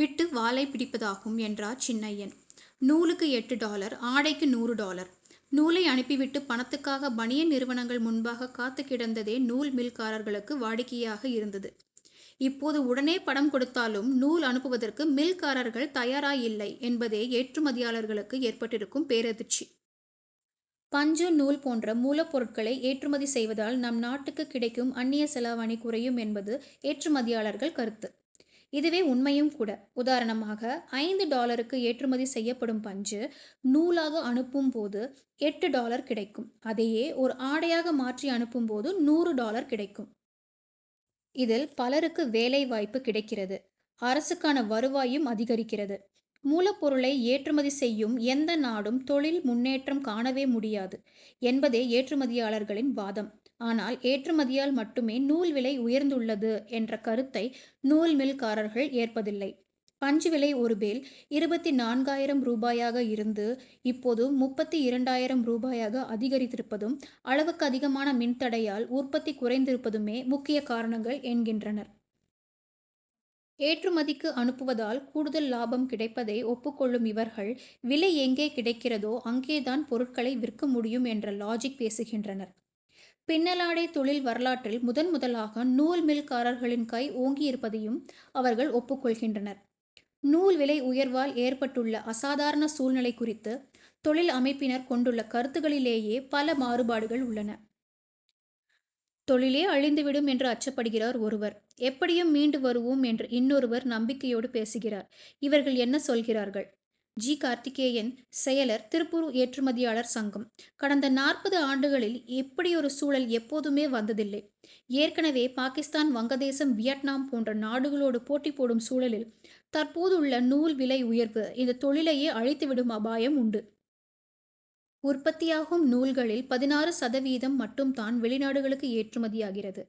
விட்டு வாலை பிடிப்பதாகும், என்றார் சின்னையன். நூலுக்கு எட்டு டாலர்; ஆடைக்கு நூறு டாலர்! நூலை அனுப்பி விட்டு, பணத்துக்காக பனியன் நிறுவனங்கள் முன்பாக காத்துக் கிடந்ததே நூல் மில்காரர்களுக்கு வாடிக்கையாக இருந்தது. இப்போது, உடனே பணம் கொடுத்தாலும், நூல் அனுப்புவதற்கு மில்காரர்கள் தயாராயில்லை என்பதே ஏற்றுமதியாளர்களுக்கு ஏற்பட்டிருக்கும் பேரதிர்ச்சி. பஞ்சு, நூல் போன்ற மூலப்பொருட்களை ஏற்றுமதி செய்வதால், நம் நாட்டுக்குக் கிடைக்கும் அந்நியச் செலாவணி குறையும் என்பது ஏற்றுமதியாளர்கள் கருத்து. இதுவே, உண்மையும் கூட. உதாரணமாக, ஐந்து டாலருக்கு ஏற்றுமதி செய்யப்படும் பஞ்சு, நூலாக அனுப்பும் போது எட்டு டாலர் கிடைக்கும். அதையே, ஓர் ஆடையாக மாற்றி அனுப்பும்போது, நூறு டாலர் கிடைக்கும். இதில், பலருக்கு வேலை வாய்ப்பு கிடைக்கிறது. அரசுக்கான வருவாயும் அதிகரிக்கிறது. மூலப்பொருளை ஏற்றுமதி செய்யும் எந்த நாடும், தொழில் முன்னேற்றம் காணவே முடியாது என்பதே ஏற்றுமதியாளர்களின் வாதம். ஆனால், ஏற்றுமதியால் மட்டுமே நூல் விலை உயர்ந்துள்ளது என்ற கருத்தை, நூல் மில்காரர்கள் ஏற்பதில்லை. பஞ்சு விலை ஒரு பேல் இருபத்தி நான்காயிரம் ரூபாயாக இருந்து, இப்போது முப்பத்தி இரண்டாயிரம் ரூபாயாக அதிகரித்திருப்பதும், அளவுக்கு அதிகமான மின் தடையால் உற்பத்தி குறைந்திருப்பதுமே முக்கிய காரணங்கள் என்கின்றனர். ஏற்றுமதிக்கு அனுப்புவதால் கூடுதல் லாபம் கிடைப்பதை ஒப்புக் கொள்ளும் இவர்கள், விலை எங்கே கிடைக்கிறதோ, அங்கேதான் பொருட்களை விற்க முடியும் என்று லாஜிக் பேசுகின்றனர். பின்னலாடை தொழில் வரலாற்றில் முதல் முதலாக நூல் மில்காரர்களின் கை ஓங்கியிருப்பதையும் அவர்கள் ஒப்புக் கொள்கின்றனர் நூல் விலை உயர்வால் ஏற்பட்டுள்ள அசாதாரண சூழ்நிலை குறித்து, தொழில் அமைப்பினர் கொண்டுள்ள கருத்துக்களிலேயே பல மாறுபாடுகள் உள்ளன. தொழிலே அழிந்து விடும் என்று அச்சப்படுகிறார் ஒருவர்; எப்படியும் மீண்டு வருவோம் என்று இன்னொருவர் நம்பிக்கையோடு பேசுகிறார். இவர்கள் என்ன சொல்கிறார்கள்? ஜி. கார்த்திகேயன், செயலர், திருப்பூர் ஏற்றுமதியாளர் சங்கம்: கடந்த நாற்பது ஆண்டுகளில் இப்படியொரு சூழல் எப்போதுமே வந்ததில்லை. ஏற்கனவே, பாகிஸ்தான், வங்கதேசம், வியட்நாம் போன்ற நாடுகளோடு போட்டி போடும் சூழலில், தற்போதுள்ள நூல் விலை உயர்வு, இந்த தொழிலையே அழித்துவிடும் அபாயம் உண்டு. உற்பத்தியாகும் நூல்களில் பதினாறு சதவீதம் மட்டும்தான், வெளிநாடுகளுக்கு ஏற்றுமதியாகிறது.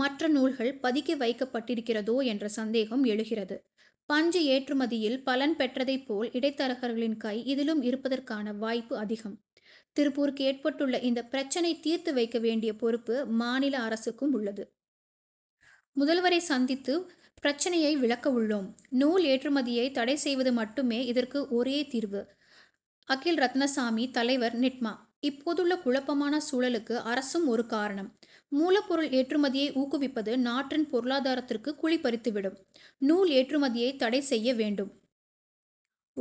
மற்ற நூல்கள் பதுக்கி வைக்கப்பட்டிருக்கிறதோ என்ற சந்தேகம் எழுகிறது. பஞ்சு ஏற்றுமதியில் பலன் பெற்றதைப் போல் இடைத்தரகர்களின் கை இதிலும் இருப்பதற்கான வாய்ப்பு அதிகம். திருப்பூருக்கு ஏற்பட்டுள்ள இந்த பிரச்னைத் தீர்த்து வைக்க வேண்டிய பொறுப்பு, மாநில அரசுக்கும் உள்ளது. முதல்வரைச் சந்தித்து பிரச்னையை விளக்கவுள்ளோம். நூல் ஏற்றுமதியை தடை செய்வது மட்டுமே, இதற்கு ஒரே தீர்வு. அகில் ரத்தினசாமி, தலைவர், நிட்மா: இப்போதுள்ள குழப்பமான சூழலுக்கு அரசும் ஒரு காரணம். மூலப்பொருள் ஏற்றுமதியை ஊக்குவிப்பது, நாற்றின் பொருளாதாரத்துக்கு குழி பறித்து விடும். நூல் ஏற்றுமதியை தடை செய்ய வேண்டும்.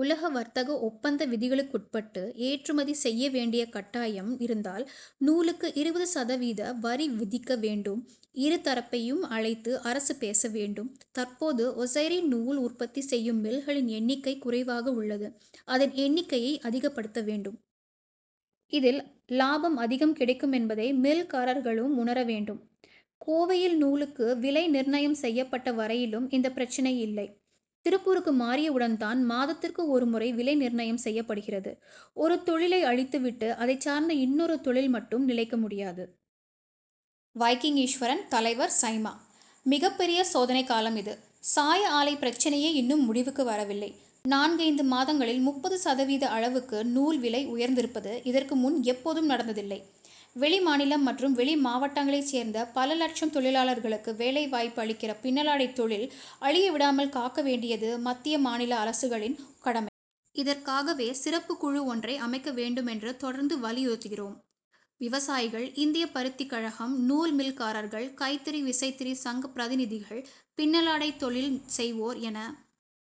உலக வர்த்தக ஒப்பந்த விதிகளுக்குட்பட்டு, ஏற்றுமதி செய்ய வேண்டிய கட்டாயம் இருந்தால் நூலுக்கு இருபது சதவீத வரி விதிக்க வேண்டும். இரு தரப்பையும் அழைத்து அரசு பேச வேண்டும். தற்போது ஒசைரி நூல் உற்பத்தி செய்யும் மில்களின் எண்ணிக்கை குறைவாகவுள்ளது. அதன் எண்ணிக்கையை அதிகப்படுத்த வேண்டும். இதில் லாபம் அதிகம் கிடைக்குமென்பதை மில்காரர்களும் உணர வேண்டும். கோவையில் நூலுக்கு விலை நிர்ணயம் செய்யப்பட்ட வரையிலும், இந்த பிரச்னை இல்லை. திருப்பூருக்கு மாறியவுடன்தான், மாதத்துக்கு ஒரு முறை விலை நிர்ணயம் செய்யப்படுகிறது. ஒரு தொழிலை அழித்து விட்டு, அதைச் சார்ந்த இன்னொரு தொழில் மட்டும் நிலைக்க முடியாது. வைகிங் ஈஸ்வரன், தலைவர், சைமா மிகப்பெரிய சோதனைக்காலம் இது. சாய ஆலை பிரச்னையே இன்னும் முடிவுக்கு வரவில்லை. நான்கைந்து மாதங்களில் முப்பது சதவீத அளவுக்கு நூல் விலை உயர்ந்திருப்பது, இதற்கு முன் எப்போதும் நடந்ததில்லை. வெளிமாநிலம் மற்றும் வெளி மாவட்டங்களைச் சேர்ந்த பல லட்சம் தொழிலாளர்களுக்கு வேலை வாய்ப்பு அளிக்கிற பின்னலாடைத் தொழில் அழிய விடாமல் காக்க வேண்டியது மத்திய, மாநில அரசுகளின் கடமை. இதற்காகவே, சிறப்புக் குழு ஒன்றை அமைக்க வேண்டுமென்று தொடர்ந்து வலியுறுத்துகிறோம். விவசாயிகள், இந்திய பருத்திக் கழகம், நூல் மில்காரர்கள், கைத்தறி, விசைத்தறி சங்க பிரதிநிதிகள், பின்னலாடைத் தொழில் செய்வோர் என